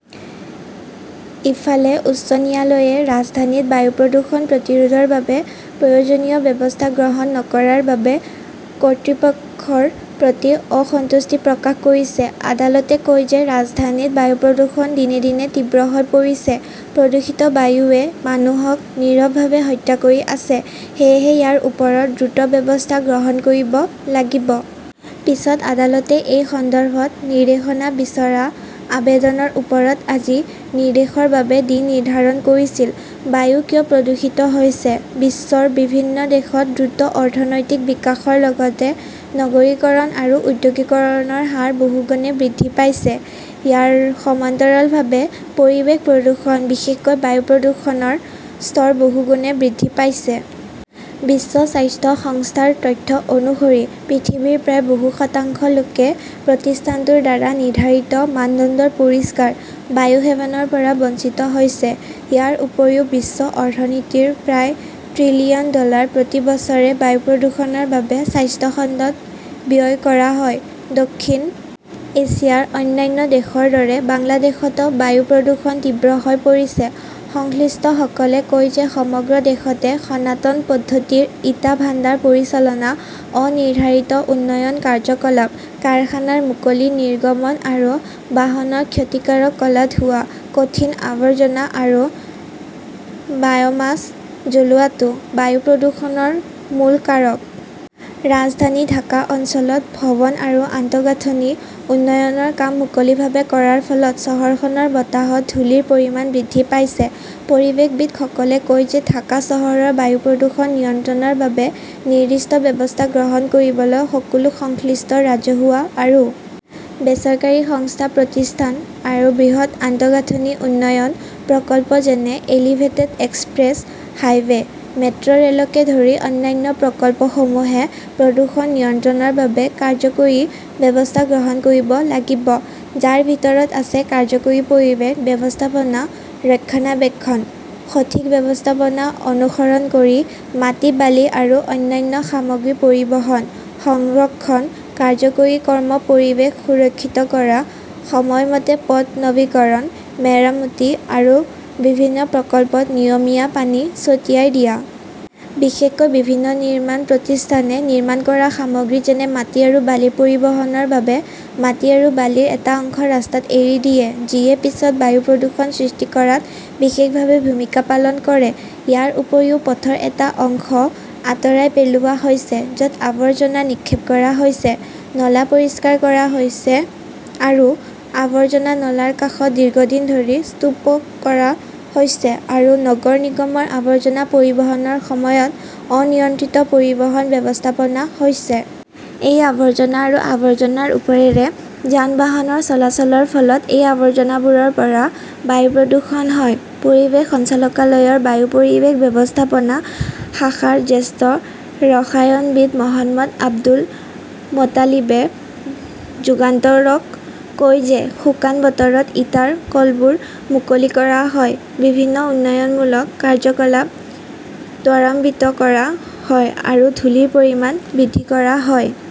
ইফালে, উচ্চ ন্যায়ালয়ে ৰাজধানীত বায়ু প্ৰদূষণ প্ৰতিৰোধৰ বাবে প্ৰয়োজনীয় ব্যৱস্থা গ্ৰহণ নকৰাৰ বাবে কৰ্তৃপক্ষৰ প্ৰতি অসন্তুষ্টি প্ৰকাশ কৰিছে। আদালতে কয় যে ৰাজধানীত বায়ু প্ৰদূষণ দিনে দিনে তীব্ৰ হৈ পৰিছে। প্ৰদূষিত বায়ুৱে মানুহক নীৰৱভাৱে হত্যা কৰি আছে, সেয়েহে ইয়াৰ ওপৰত দ্ৰুত ব্যৱস্থা গ্ৰহণ কৰিব লাগিব। পিছত আদালতে এই সন্দৰ্ভত নিৰ্দেশনা বিচৰা আবেদনৰ ওপৰত আজি নিৰ্দেশৰ বাবে দিন নিৰ্ধাৰণ কৰিছিল। বায়ু কিয় প্ৰদূষিত হৈছে বিশ্বৰ বিভিন্ন দেশত দ্ৰুত অৰ্থনৈতিক বিকাশৰ লগতে নগৰীকৰণ আৰু ঔদ্যোগিকৰণৰ হাৰ বহুগুণে বৃদ্ধি পাইছে। ইয়াৰ সমান্তৰালভাৱে, পৰিৱেশ প্ৰদূষণ, বিশেষকৈ বায়ু প্ৰদূষণৰ স্তৰ বহুগুণে বৃদ্ধি পাইছে। বিশ্ব স্বাস্থ্য সংস্থাৰ তথ্য অনুসৰি, পৃথিৱীৰ প্ৰায় বহু শতাংশ লোকে প্ৰতিষ্ঠানটোৰ দ্বাৰা নিৰ্ধাৰিত মানদণ্ডৰ পৰিষ্কাৰ বায়ু সেৱনৰ পৰা বঞ্চিত হৈছে। ইয়াৰ উপৰিও বিশ্ব অৰ্থনীতিৰ প্ৰায় ট্ৰিলিয়ন ডলাৰ প্ৰতি বছৰে বায়ু প্ৰদূষণৰ বাবে স্বাস্থ্য খণ্ডত ব্যয় কৰা হয়। দক্ষিণ এছিয়াৰ অন্যান্য দেশৰ দৰে বাংলাদেশতো বায়ু প্ৰদূষণ তীব্ৰ হৈ পৰিছে। সংশ্লিষ্টসকলে কয় যে সমগ্ৰ দেশতে সনাতান পদ্ধতিৰ ইটা ভাণ্ডাৰ পৰিচালনা, অনিৰ্ধাৰিত উন্নয়ন কাৰ্যকলাপ, কাৰখানাৰ মুকলি নিৰ্গমন আৰু বাহনৰ ক্ষতিকাৰক ক'লা ধোঁৱা, কঠিন আৱৰ্জনা আৰু বায়' মাছ জ্বলোৱাটো বায়ু প্ৰদূষণৰ মূল কাৰক। ৰাজধানী ঢাকা অঞ্চলত ভৱন আৰু আন্তঃগাঁথনি উন্নয়নৰ কাম মুকলিভাৱে কৰাৰ ফলত চহৰখনৰ বতাহত ধূলিৰ পৰিমাণ বৃদ্ধি পাইছে। পৰিৱেশবিদসকলে কয় যে ঢাকা চহৰৰ বায়ু প্ৰদূষণ নিয়ন্ত্ৰণৰ বাবে নিৰ্দিষ্ট ব্যৱস্থা গ্ৰহণ কৰিবলৈ সকলো সংশ্লিষ্ট ৰাজহুৱা আৰু বেচৰকাৰী সংস্থা প্ৰতিষ্ঠান আৰু বৃহৎ আন্তঃগাঁথনি উন্নয়ন প্ৰকল্প যেনে এলিভেটেড এক্সপ্ৰেছ হাইৱে, মেট্ৰ' ৰেলকে ধৰি অন্যান্য প্ৰকল্পসমূহে প্ৰদূষণ নিয়ন্ত্ৰণৰ বাবে কাৰ্যকৰী ব্যৱস্থা গ্ৰহণ কৰিব লাগিব, যাৰ ভিতৰত আছে কাৰ্যকৰী পৰিৱেশ ব্যৱস্থাপনা ৰক্ষণাবেক্ষণ, সঠিক ব্যৱস্থাপনা অনুসৰণ কৰি মাটি, বালি আৰু অন্যান্য সামগ্ৰী পৰিবহণ, সংৰক্ষণ, কাৰ্যকৰী কৰ্ম পৰিৱেশ সুৰক্ষিত কৰা, সময়মতে পথ নৱীকৰণ, মেৰামতি আৰু বিভিন্ন প্ৰকল্পত নিয়মীয়া পানী ছটিয়াই দিয়া। বিশেষকৈ বিভিন্ন নিৰ্মাণ প্ৰতিষ্ঠানে নিৰ্মাণ কৰা সামগ্ৰী যেনে মাটি আৰু বালি পৰিবহণৰ বাবে মাটি আৰু বালিৰ এটা অংশ ৰাস্তাত এৰি দিয়ে যিয়ে পিছত বায়ু প্ৰদূষণ সৃষ্টি কৰাত বিশেষভাৱে ভূমিকা পালন কৰে। ইয়াৰ উপৰিও, পথৰ এটা অংশ আঁতৰাই পেলোৱা হৈছে য'ত আৱৰ্জনা নিক্ষেপ কৰা হৈছে, নলা পৰিষ্কাৰ কৰা হৈছে আৰু আৱৰ্জনা নলাৰ কাষত দীৰ্ঘদিন ধৰি স্তূপ কৰা হৈছে আৰু নগৰ নিগমৰ আৱৰ্জনা পৰিবহণৰ সময়ত অনিয়ন্ত্ৰিত পৰিবহণ ব্যৱস্থাপনা হৈছে। এই আৱৰ্জনা আৰু আৱৰ্জনাৰ ওপৰেৰে যান-বাহনৰ চলাচলৰ ফলত এই আৱৰ্জনাবোৰৰ পৰা বায়ু প্ৰদূষণ হয়। পৰিৱেশ সঞ্চালকালয়ৰ বায়ু পৰিৱেশ ব্যৱস্থাপনা শাখাৰ জ্যেষ্ঠ ৰসায়নবিদ মহম্মদ আব্দুল মোতালিবে যুগান্তৰক কয় যে শুকান বতৰত ইটাৰ কলবোৰ মুকলি কৰা হয়, বিভিন্ন উন্নয়নমূলক কাৰ্যকলাপ ত্বৰান্বিত কৰা হয় আৰু ধূলিৰ পৰিমাণ বৃদ্ধি কৰা হয়।